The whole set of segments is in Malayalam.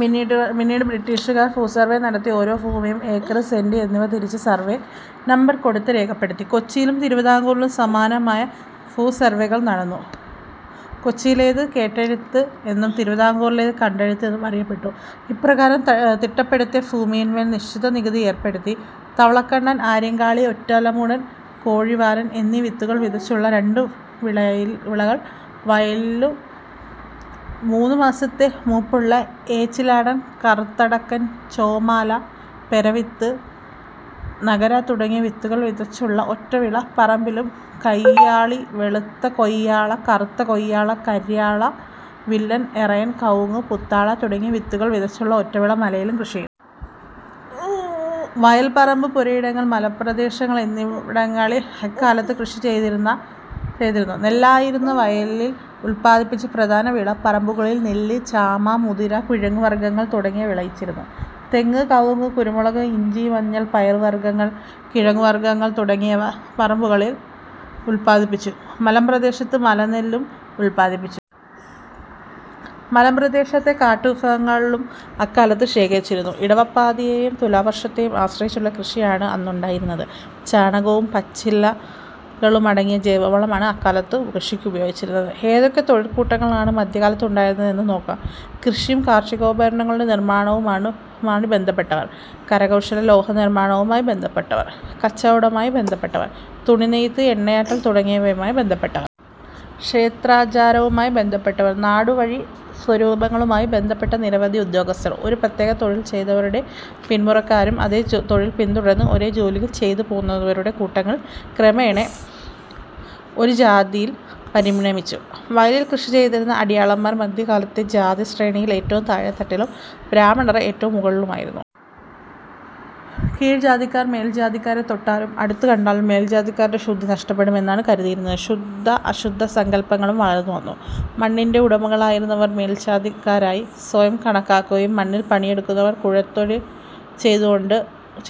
പിന്നീട് ബ്രിട്ടീഷുകാർ ഭൂസർവേ നടത്തി ഓരോ ഭൂമിയും ഏക്കർ, സെന്റ് എന്നിവ തിരിച്ച് സർവേ നമ്പർ കൊടുത്ത് രേഖപ്പെടുത്തി. കൊച്ചിയിലും തിരുവിതാംകൂറിലും സമാനമായ ഭൂസർവേകൾ നടന്നു. കൊച്ചിയിലേത് കേട്ടെഴുത്ത് എന്നും തിരുവിതാംകൂറിലേത് കണ്ടെഴുത്ത് എന്നും അറിയപ്പെട്ടു. ഇപ്രകാരം തിട്ടപ്പെടുത്തിയ ഭൂമിയിൻമേൽ നിശ്ചിത നികുതി ഏർപ്പെടുത്തി. തവളക്കണ്ണൻ, ആര്യങ്കാളി, ഒറ്റലമൂടൻ, കോഴിവാലൻ എന്നീ വിത്തുകൾ വിതച്ചുള്ള രണ്ട് വിളകൾ വയലിലും മൂന്നു മാസത്തെ മൂപ്പുള്ള ഏച്ചിലാടൻ, കറുത്തടക്കൻ, ചോമാല, പെരവിത്ത്, നകര തുടങ്ങിയ വിത്തുകൾ വിതച്ചുള്ള ഒറ്റവിള പറമ്പിലും കയ്യാളി, വെളുത്ത കൊയ്യാള കറുത്ത കൊയ്യാള, കര്വാള, വില്ലൻ, എറയൻ, കവുങ്ങും പുത്താള തുടങ്ങിയ വിത്തുകൾ വിതച്ചുള്ള ഒറ്റവിള മലയിലും കൃഷിചെയ്തിരുന്നു. വയൽ, പറമ്പ്, പുരയിടങ്ങൾ, മലമ്പ്രദേശങ്ങൾ എന്നിവിടങ്ങളിൽ അക്കാലത്ത് കൃഷിചെയ്തിരുന്നു. നെല്ലായിരുന്നു വയലിൽ ഉൽപ്പാദിപ്പിച്ച പ്രധാന വിള. പറമ്പുകളിൽ നെല്ല്, ചാമ, മുതിര, കിഴങ്ങു വർഗങ്ങൾ തുടങ്ങിയവ വിളയിച്ചിരുന്നു. തെങ്ങ്, കമുക്, കുരുമുളക്, ഇഞ്ചി, മഞ്ഞൾ, പയർവർഗങ്ങൾ, കിഴങ്ങുവർഗങ്ങൾ തുടങ്ങിയവ പറമ്പുകളിൽ ഉൽപ്പാദിപ്പിച്ചു. മലമ്പ്രദേശത്ത് മലനെല്ലും ഉൽപാദിപ്പിച്ചിരുന്നു. മലമ്പ്രദേശത്തെ കാട്ടു വിഭവങ്ങളും അക്കാലത്ത് ശേഖരിച്ചിരുന്നു. ഇടവപ്പാതിയെയും തുലാവർഷത്തെയും ആശ്രയിച്ചുള്ള കൃഷിയാണ് അന്നുണ്ടായിരുന്നത്. ചാണകവും പച്ചിലകളുമടങ്ങിയ ജൈവ വളമാണ് അക്കാലത്ത് കൃഷിക്കുപയോഗിച്ചിരുന്നത്. ഏതൊക്കെ തൊഴിൽക്കൂട്ടങ്ങളാണ് മധ്യകാലത്തുണ്ടായിരുന്നതെന്ന് നോക്കാം. കൃഷിയും കാർഷികോപകരണങ്ങളുടെ നിർമാണവുമായി ബന്ധപ്പെട്ടവർ. കരകൗശല- ലോഹനിർമാണവുമായി ബന്ധപ്പെട്ടവർ. കച്ചവടവുമായി ബന്ധപ്പെട്ടവർ. തുണിനെയ്ത്ത്, എണ്ണയാട്ടൽ തുടങ്ങിയവയുമായി ബന്ധപ്പെട്ടവർ. ക്ഷേത്രാചാരവുമായി ബന്ധപ്പെട്ടവർ. നാടുവാഴി സ്വരൂപങ്ങളുമായി ബന്ധപ്പെട്ട നിരവധി ഉദ്യോഗസ്ഥർ. ഒരു പ്രത്യേക തൊഴിൽ ചെയ്തവരുടെ പിന്മുറക്കാരും അതേ തൊഴിൽ പിന്തുടർന്നു. ഒരേ ജോലികൾ ചെയ്തുപോന്നവരുടെ കൂട്ടങ്ങൾ ക്രമേണ ഒരേ ജാതിയായി പരിണമിച്ചു. വയലിൽ കൃഷി ചെയ്തിരുന്ന അടിയാളർ മധ്യകാലത്തെ ജാതിശ്രേണിയിൽ ഏറ്റവും താഴേത്തട്ടിലും ബ്രാഹ്മണർ ഏറ്റവും മുകളിലുമായിരുന്നു. കീഴ്ജാതിക്കാർ മേൽജാതിക്കാരെ തൊട്ടാലും അടുത്തു കണ്ടാലും മേൽജാതിക്കാരുടെ ശുദ്ധി നഷ്ടപ്പെടും എന്നാണ് കരുതിയിരുന്നത്. ശുദ്ധ അശുദ്ധ സങ്കൽപ്പങ്ങളും വളർന്നുവന്നു. മണ്ണിന്റെ ഉടമകളായിരുന്നവർ മേൽജാതിക്കാരായി സ്വയം കണക്കാക്കുകയും മണ്ണിൽ പണിയെടുക്കുന്നവരെയും കുലത്തൊഴിൽ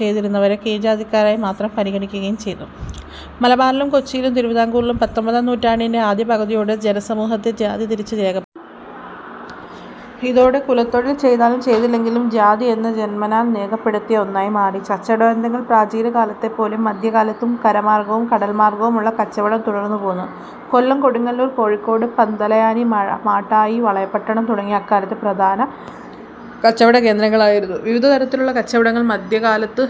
ചെയ്തിരുന്നവരെയും കീഴ്ജാതിക്കാരായി മാത്രം പരിഗണിക്കുകയും ചെയ്തു. മലബാറിലും കൊച്ചിയിലും തിരുവിതാംകൂറിലും പത്തൊൻപതാം നൂറ്റാണ്ടിന്റെ ആദ്യ പകുതിയോടെ ജനസമൂഹത്തെ ജാതിതിരിച്ച് രേഖപ്പെടുത്തി. ഇതോടെ കുലത്തൊഴിൽ ചെയ്താലും ചെയ്തില്ലെങ്കിലും ജാതിയെന്നത് ജന്മനാൽ രേഖപ്പെടുത്തപ്പെടുന്ന ഒന്നായി മാറി. കച്ചവടബന്ധങ്ങൾ പ്രാചീനകാലത്തെപ്പോലെ മധ്യകാലത്തും കരമാർഗവും കടൽമാർഗവുമുള്ള കച്ചവടം തുടർന്നുപോന്നു. കൊല്ലം, കൊടുങ്ങല്ലൂർ, കോഴിക്കോട്, പന്തലായനി, മാടായി, വളപട്ടണം തുടങ്ങിയവ അക്കാലത്തെ പ്രധാന കച്ചവടകേന്ദ്രങ്ങളായിരുന്നു. വിവിധതരത്തിലുള്ള കച്ചവടങ്ങൾ മധ്യകാലത്ത്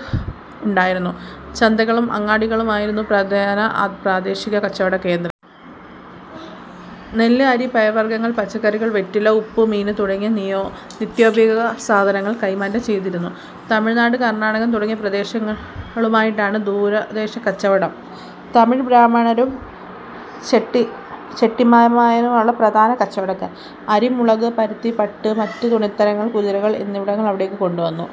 ഉണ്ടായിരുന്നു. ചന്തകളും അങ്ങാടികളും ആയിരുന്നു പ്രധാന പ്രാദേശിക കച്ചവടകേന്ദ്രങ്ങൾ. നെല്ല്, അരി, പയർവർഗങ്ങൾ, പച്ചക്കറികൾ, വെറ്റില, ഉപ്പ്, മീൻ തുടങ്ങിയ നിത്യോപയയോഗ സാധനങ്ങളായിരുന്നു കൈമാറ്റം ചെയ്തിരുന്നത്. തമിഴ് നാട്, കർണാടകം, തുടങ്ങിയ പ്രദേശങ്ങളുമായിട്ടായിരുന്നു ദൂരദേശ കച്ചവടം. തമിഴ് ബ്രാഹ്മണരും ചെട്ടിമാരുമായിരുന്നു പ്രധാന കച്ചവടക്കാർ. അരി, മുളക്, പരുത്തി, പട്ട്, മറ്റ് തുണിത്തരങ്ങൾ, കുതിരകൾ എന്നിവ ഇവിടേക്ക് കൊണ്ടു വന്നു.